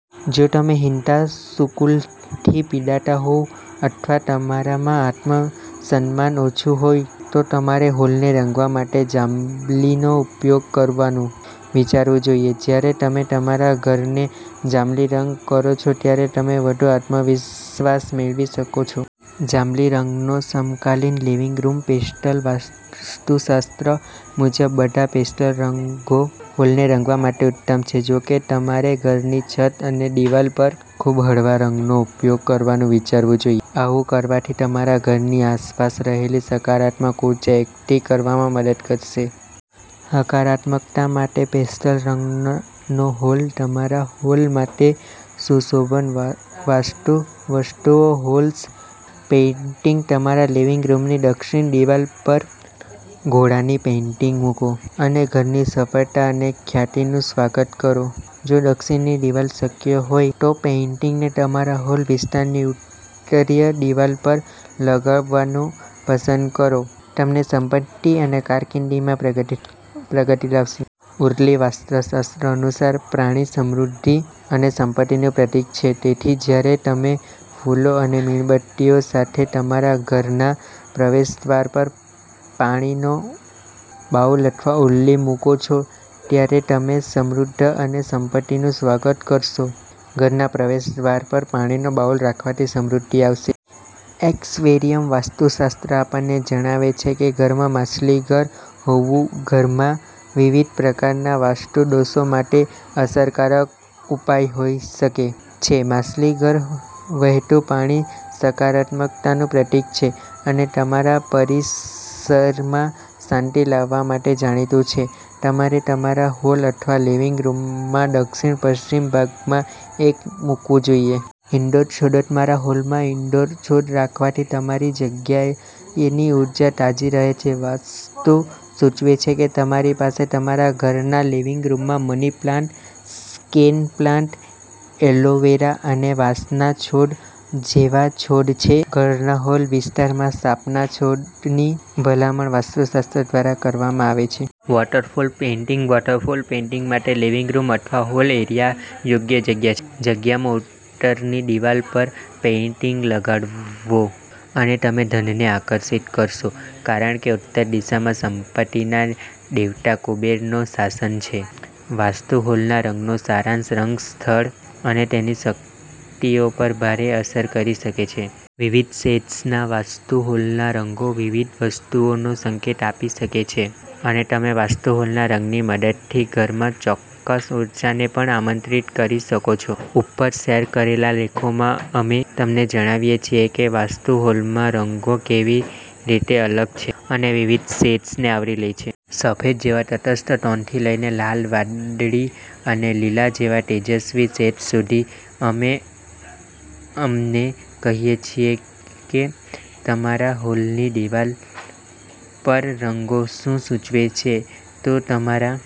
જો તમે હીનતા સુકુલથી પીડાતા હોવ અથવા તમારામાં આત્મસન્માન ઓછું હોય, તો તમારે હોલને રંગવા માટે જાંબલીનો ઉપયોગ કરવાનું વિચારવું જોઈએ. જ્યારે તમે તમારા ઘરને જાંબલી રંગ કરો છો ત્યારે તમે વધુ આત્મવિશ્વાસ મેળવી શકો છો. જાંબલી રંગનો સમકાલીન લિવિંગ રૂમ પેસ્ટલ્સ વાસ્તુશાસ્ત્ર મુજબ, બધા પેસ્ટલ રંગો હોલને રંગવા માટે ઉત્તમ છે. જો કે, તમારે ઘરની છત અને દિવાલ પર ખૂબહળવા રંગોનો ઉપયોગ કરવાનું વિચારવું જોઈએ. આવું કરવાથી તમારા ઘરની આસપાસ રહેલી સકારાત્મક ઉર્જા એકઠી કરવામાં મદદ કરશે. હકારાત્મકતા માટે પેસ્ટલ રંગન નો હોલ તમારા હોલ માટે સુશોભન વા વાસ્તુ વસ્તુઓ હોર્સ પેઇન્ટિંગતમારા લિવિંગ રૂમની દક્ષિણ દિવાલ પર ઘોડાની પેઇન્ટિંગ મૂકો અને ઘરની સફળતા અને ખ્યાતિનું સ્વાગત કરો. જો દક્ષિણની દિવાલ શક્યહોય, તોપેઇન્ટિંગને તમારા હોલ વિસ્તારની ઉત્તરીય દિવાલ પર લગાવવાનું પસંદ કરોતે તમને સંપત્તિ અને કારકિર્દીમાં પ્રગતિ પ્રગતિ લાવશે. ઉરલીવાસ્તુશાસ્ત્ર અનુસાર, પાણી સમૃદ્ધિ અને સંપત્તિનું પ્રતીક છે. તેથી, જ્યારે તમે ફૂલો અને મીણબત્તીઓ સાથે તમારા ઘરના પ્રવેશદ્વાર પર પાણીનો બાઉલ અથવા ઉર્લી મૂકો છો ત્યારે તમે સમૃદ્ધ અને સંપત્તિનું સ્વાગત કરશો. ઘરના પ્રવેશદ્વાર પર પાણીનો બાઉલ રાખવાથી સમૃદ્ધિ આવશે. એક્સવેરિયમ વાસ્તુશાસ્ત્ર આપણને જણાવે છે કે ઘરમાં માછલીઘર હોવું ઘરમાં વિવિધ પ્રકારના વાસ્તુ દોષો માટે અસરકારક ઉપાય હોઈ શકે છે. માછલીઘર વહેતું પાણી સકારાત્મકતાનું પ્રતીક છે અને તમારા પરિસરમાં શાંતિ લાવવા માટે જાણીતું છે. તમારે તમારા હોલ અથવા લિવિંગ રૂમના દક્ષિણ-પશ્ચિમ ભાગમાં એક મૂકવું જોઈએ. ઇન્ડોર છોડતમારા હોલમાં ઇન્ડોર છોડ રાખવાથી તમારી જગ્યાએની ઉર્જા તાજી રહેશે. વાસ્તુ સૂચવે છે કે તમારી પાસે તમારા ઘરના લિવિંગ રૂમમાં મની પ્લાન્ટ, સ્કેન પ્લાન્ટ, એલોવેરા અને વાંસના છોડ જેવા છોડ છે. ઘરના હોલ વિસ્તારમાં સાપના છોડની ભલામણ વાસ્તુશાસ્ત્ર દ્વારા કરવામાં આવે છે. વોટરફોલ પેઇન્ટિંગ વોટરફોલ પેઇન્ટિંગ માટે લિવિંગ રૂમ અથવા હોલ એરિયા યોગ્ય જગ્યા છે. જગ્યામાં ઉત્તરની દીવાલ પર પેઇન્ટિંગ લગાડવો અને તમે ધનને આકર્ષિત કરશો કારણ કે ઉત્તર દિશામાં સંપત્તિના દેવતા કુબેરનું શાસન છે. વાસ્તુ હોલના રંગનો સારાંશ રંગ સ્થળ અને તેની શક્તિઓ પર ભારે અસર કરી શકે છે. વિવિધ શેડ્સના વાસ્તુ હોલના રંગો વિવિધ વસ્તુઓનો સંકેત આપી શકે છે અને તમે વાસ્તુ હોલના રંગોની મદદથી ઘરમાં ચોક્કસ ઊર્જાને પણ આમંત્રિત કરી શકો છો. ઉપર શેર કરેલા લેખોમાં, અમે તમને જણાવીએ છીએ કે વાસ્તુ હોલમા રંગો કેવી રીતે અલગ છે અને વિવિધ શેડ્સને આવરી લે છે. સફેદ જેવા તટસ્થ ટોનથી લઈને લાલ, વાદળી અને લીલા જેવા તેજસ્વી શેડ્સ સુધી, અમે અમને કહીએ છીએ કે તમારા હોલની દિવાલ પર રંગો શું સૂચવે છે. તો તમારા